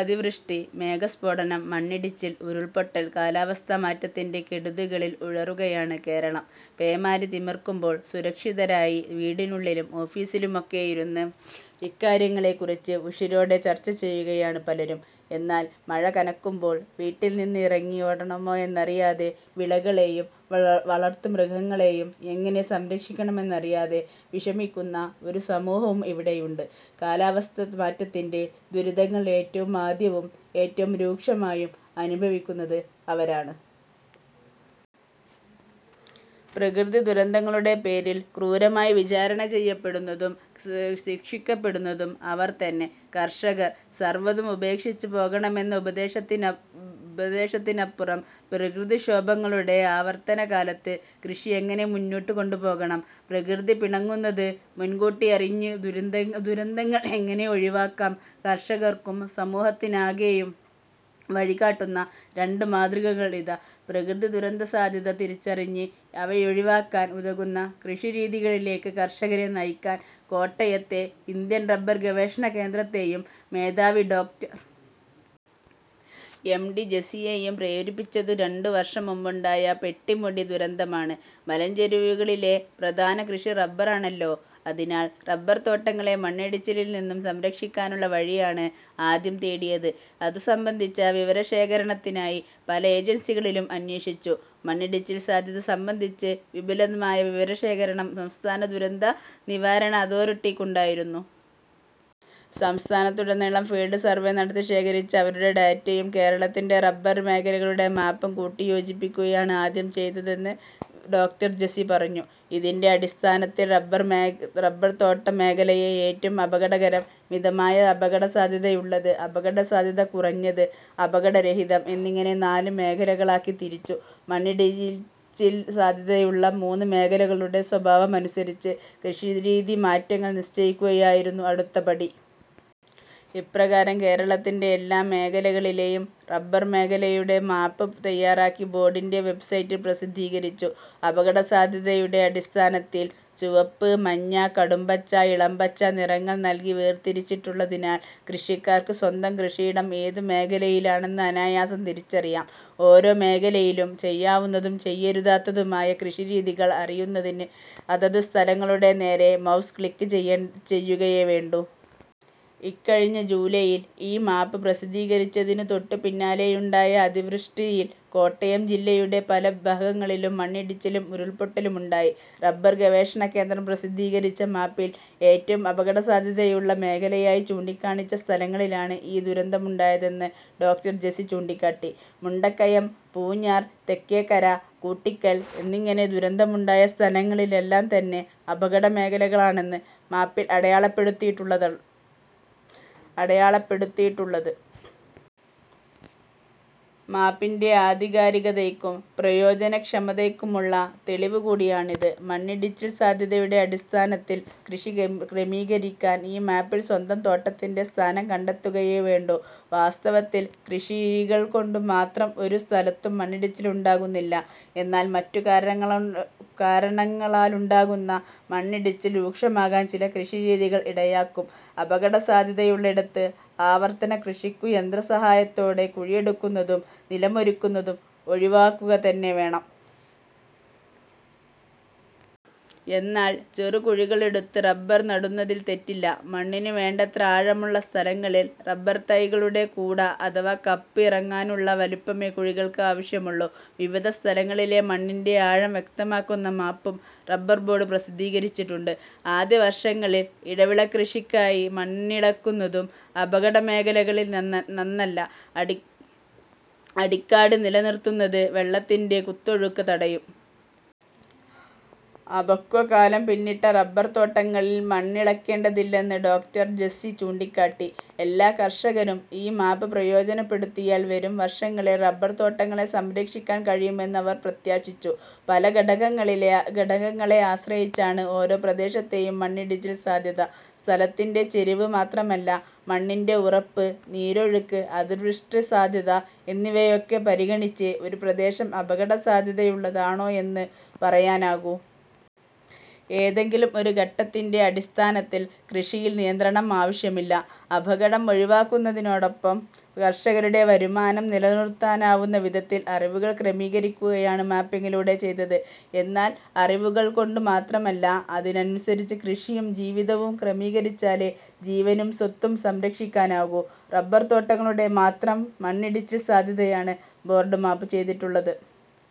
അതിവൃഷ്ടി, മേഘസ്ഫോടനം, മണ്ണിടിച്ചിൽ, ഉരുൾപൊട്ടൽ കാലാവസ്ഥാമാറ്റത്തിന്റെ കെടുതികളിൽ ഉഴറുകയാണ് കേരളം. പേമാരി തിമിർക്കുമ്പോൾ സുരക്ഷിതരായി വീടിനുള്ളിലും ഓഫിസിലുമൊക്കെയിരുന്ന് ഇക്കാര്യങ്ങളെക്കുറിച്ച് ഉശിരോടെ ചർച്ച ചെയ്യുകയാണ് പലരും. എന്നാൽ മഴ കനക്കുമ്പോൾ വീട്ടിൽനിന്ന് ഇറങ്ങി യോടണമോയെന്നറിയാതെ, വിളകളെയും വളർത്തുമൃഗങ്ങളെയും എങ്ങനെ സംരക്ഷിക്കണമെന്നറിയാതെ വിഷമിക്കുന്ന ഒരു സമൂഹവും ഇവിടെയുണ്ട്. കാലാവസ്ഥാമാറ്റത്തിന്റെ ദുരിതങ്ങൾ ഏറ്റവും ആദ്യവും ഏറ്റവും രൂക്ഷമായും അനുഭവിക്കുന്നത് അവരാണ്. പ്രകൃതിദുരന്തങ്ങളുടെ പേരിൽ ക്രൂരമായി വിചാരണ ചെയ്യപ്പെടുന്നതും ശിക്ഷിക്കപ്പെടുന്നതും അവർതന്നെ – കർഷകർ. സർവതും ഉപേക്ഷിച്ച് പോകണമെന്ന ഉപദേശത്തിനപ്പുറം പ്രകൃതിക്ഷോഭങ്ങളുടെ ആവർത്തനകാലത്ത് കൃഷി എങ്ങനെ മുന്നോട്ടുകൊണ്ടുപോകണം. പ്രകൃതി പിണങ്ങുന്നതു മുൻകൂട്ടിയറിഞ്ഞ് ദുരന്തങ്ങൾ എങ്ങനെ ഒഴിവാക്കാം. കർഷകർക്കും സമൂഹത്തിനാകെയും വഴികാട്ടുന്ന രണ്ടു മാതൃകകൾ ഇതാ. പ്രകൃതിദുരന്തസാധ്യത തിരിച്ചറിഞ്ഞ് അവയൊഴിവാക്കാൻ ഉതകുന്ന കൃഷിരീതികളിലേക്കു കർഷകരെ നയിക്കാൻ കോട്ടയത്തെ ഇന്ത്യൻ റബർ ഗവേഷണകേന്ദ്രത്തെയും മേധാവി ഡോ. എം. ഡി. ജെസിയെയും പ്രേരിപ്പിച്ചതു രണ്ടു വർഷം മുമ്പുണ്ടായ പെട്ടിമുടി ദുരന്തമാണ്. മലഞ്ചെരുവുകളിലെ പ്രധാന കൃഷി റബർ ആണല്ലോ. അതിനാൽ റബർതോട്ടങ്ങളെ മണ്ണിടിച്ചിലിൽനിന്നു സംരക്ഷിക്കാനുള്ള വഴിയാണ് ആദ്യം തേടിയത്. ഇതു സംബന്ധിച്ച വിവരശേഖരത്തിനായി പല ഏജൻസികളിലും അന്വേഷിച്ചു. മണ്ണിടിച്ചിൽ സാധ്യത സംബന്ധിച്ചു വിപുലമായ വിവരശേഖരം സംസ്ഥാന ദുരന്ത നിവാരണ അതോറിട്ടിക്കുണ്ടായിരുന്നു. സംസ്ഥാനത്തുടനീളം ഫീൽഡ് സർവേ നടത്തി ശേഖരിച്ച അവരുടെ ഡേറ്റയും കേരളത്തിന്റെ റബർകൃഷിമേഖലകളുടെ മാപ്പും കൂട്ടിയോജിപ്പിക്കുകയാണ് ആദ്യം ചെയ്തതെന്ന് ഡോ. ജെസി പറഞ്ഞു. ഇതിന്റെ അടിസ്ഥാനത്തിൽ റബർതോട്ടമേഖലയെ ഏറ്റവും അപകടകരം, മിതമായ അപകടസാധ്യതയുള്ളത്, അപകടസാധ്യത കുറഞ്ഞത്, അപകടരഹിതം എന്നിങ്ങനെ നാല് മേഖലകളായി തിരിച്ചു. മണ്ണിടിച്ചിൽ സാധ്യതയുള്ള മൂന്നു മേഖലകളുടെയും സ്വഭാവമനുസരിച്ച് കൃഷിരീതിമാറ്റങ്ങൾ നിശ്ചയിക്കുകയായിരുന്നു അടുത്ത പടി. ഇപ്രകാരം കേരളത്തിലെ എല്ലാ ജില്ലകളിലെയും റബർ മേഖലയുടെ മാപ്പ് തയാറാക്കി ബോർഡിന്റെ വെബ്സൈറ്റിൽ പ്രസിദ്ധീകരിച്ചു. അപകടസാധ്യതയുടെ അടിസ്ഥാനത്തിൽ ചുവപ്പ്, മഞ്ഞ, കടും പച്ച, ഇളം പച്ച നിറങ്ങൾ നൽകി വേർതിരിച്ചിട്ടുള്ളതിനാൽ കൃഷിക്കാർക്ക് സ്വന്തം കൃഷിയിടം ഏതു മേഖലയിലാണെന്ന് അനായാസം തിരിച്ചറിയാം. ഓരോ മേഖലയിലും ചെയ്യാവുന്നതും ചെയ്യരുതാത്തതുമായ കൃഷിരീതികൾ അറിയുന്നതിന് അതതു സ്ഥലങ്ങളുടെ നേരെ മൗസ് ക്ലിക് ചെയ്യുകയേ വേണ്ടൂ. ഇക്കഴിഞ്ഞ ജൂലൈയിൽ ഈ മാപ്പ് പ്രസിദ്ധീകരിച്ചതിനു തൊട്ടുപിന്നാലെയുണ്ടായ അതിവൃഷ്ടിയിൽ കോട്ടയം ജില്ലയുടെ പല ഭാഗങ്ങളിലും മണ്ണിടിച്ചിലും ഉരുൾപൊട്ടലുമുണ്ടായി. റബർ ഗവേഷണകേന്ദ്രം പ്രസിദ്ധീകരിച്ച മാപ്പിൽ ഏറ്റവും അപകടസാധ്യതയുള്ള മേഖലകളായി ചൂണ്ടിക്കാണിച്ച സ്ഥലങ്ങളിലാണ് ഈ ദുരന്തങ്ങളുണ്ടായ തെന്ന് ഡോ. ജെസി ചൂണ്ടിക്കാട്ടി. മുണ്ടക്കയം, പൂഞ്ഞാർ തെക്കേക്കര, കൂട്ടിക്കൽ എന്നിങ്ങനെ ദുരന്തമുണ്ടായ സ്ഥലങ്ങളെല്ലാംതന്നെ അപകടമേഖലകളായാണ് മാപ്പിൽ അടയാളപ്പെടുത്തിയിട്ടുള്ളത്. മാപ്പിന്റെ ആധികാരികതയ്ക്കും പ്രയോജനക്ഷമതയ്ക്കുമുള്ള തെളിവ് കൂടിയാണിത്. മണ്ണിടിച്ചിൽ സാധ്യതയുടെ അടിസ്ഥാനത്തിൽ കൃഷി ക്രമീകരിക്കാൻ ഈ മാപ്പിൽ സ്വന്തം തോട്ടത്തിന്റെ സ്ഥാനം കണ്ടെത്തുകയേ വേണ്ടൂ. വാസ്തവത്തിൽ കൃഷിരീതികൾകൊണ്ടു മാത്രം ഒരു സ്ഥലത്തും മണ്ണിടിച്ചിലുണ്ടാകുന്നില്ല. എന്നാൽ മറ്റു കാരണങ്ങളാലുണ്ടാകുന്ന മണ്ണിടിച്ചില് രൂക്ഷമാക്കാൻ ചില കൃഷിരീതികൾ ഇടയാക്കും. അപകടസാധ്യതയുള്ളിടത്ത് ആവർത്തനക്കൃഷിക്കു യന്ത്രസഹായത്തോടെ കുഴിയെടുക്കുന്നതും നിലമൊരുക്കുന്നതും ഒഴിവാക്കുകതന്നെ വേണം. എന്നാൽ ചെറുകുഴികളെടുത്ത് റബർ നടുന്നതിൽ തെറ്റില്ല. മണ്ണിനു വേണ്ടത്ര ആഴമുള്ള സ്ഥലങ്ങളിൽ റബർതൈകളുടെ കൂട അഥവാ കപ്പ് ഇറങ്ങാനുള്ള വലുപ്പമേ കുഴികൾക്ക് ആവശ്യമുള്ളൂ. വിവിധ സ്ഥലങ്ങളിലെ മണ്ണിന്റെ ആഴം വ്യക്തമാക്കുന്ന മാപ്പും റബർബോർഡ് പ്രസിദ്ധീകരിച്ചിട്ടുണ്ട്. ആദ്യവർഷങ്ങളിൽ ഇടവിളക്കൃഷിക്കായി മണ്ണിളക്കുന്നതും അപകടമേഖലകളിൽ നന്നല്ല. അടിക്കാട് നിലനിർത്തുന്നത് വെള്ളത്തിന്റെ കുത്തിയൊഴുക്ക് തടയും. അപക്വകാലം പിന്നിട്ട റബർതോട്ടങ്ങളിൽ മണ്ണിളക്കേണ്ടതില്ലെന്ന് ഡോ. ജെസി ചൂണ്ടിക്കാട്ടി. എല്ലാ കർഷകരും ഈ മാപ്പ് പ്രയോജനപ്പെടുത്തിയാൽ വരുംവർഷങ്ങളിൽ റബർതോട്ടങ്ങളെ സംരക്ഷിക്കാൻ കഴിയുമെന്ന് അവർ പ്രത്യാശിച്ചു. പല ഘടകങ്ങളെ ആശ്രയിച്ചാണ് ഓരോ പ്രദേശത്തെയും മണ്ണിടിച്ചിൽ സാധ്യത. സ്ഥലത്തിന്റെ ചെരിവ് മാത്രമല്ല, മണ്ണിന്റെ ഉറപ്പ്, നീരൊഴുക്ക്, അതിവൃഷ്ടിസാധ്യത എന്നിവയൊക്കെ പരിഗണിച്ചേ ഒരു പ്രദേശം അപകടസാധ്യതയുള്ളതാണോയെന്നു പറയാനാകൂ. ഏതെങ്കിലും ഒരു ഘടകത്തിന്റെ അടിസ്ഥാനത്തിൽ കൃഷിയിൽ നിയന്ത്രണം ആവശ്യമില്ല. അപകടം ഒഴിവാക്കുന്നതിനൊപ്പം കർഷകരുടെ വരുമാനം നിലനിർത്താനാവുന്ന വിധത്തിൽ അറിവുകൾ ക്രമീകരിക്കുകയാണ് മാപ്പിങ്ങിലൂടെ ചെയ്തത്. എന്നാൽ അറിവുകൾകൊണ്ടു മാത്രമായില്ല, അതിനനുസരിച്ച് കൃഷിയും ജീവിതവും ക്രമീകരിച്ചാലേ ജീവനും സ്വത്തും സംരക്ഷിക്കാനാകൂ. റബർതോട്ടങ്ങളുടെ മാത്രം മണ്ണിടിച്ചിൽ സാധ്യതയാണ് ബോർഡ് മാപ്പ് ചെയ്തിട്ടുള്ളത്.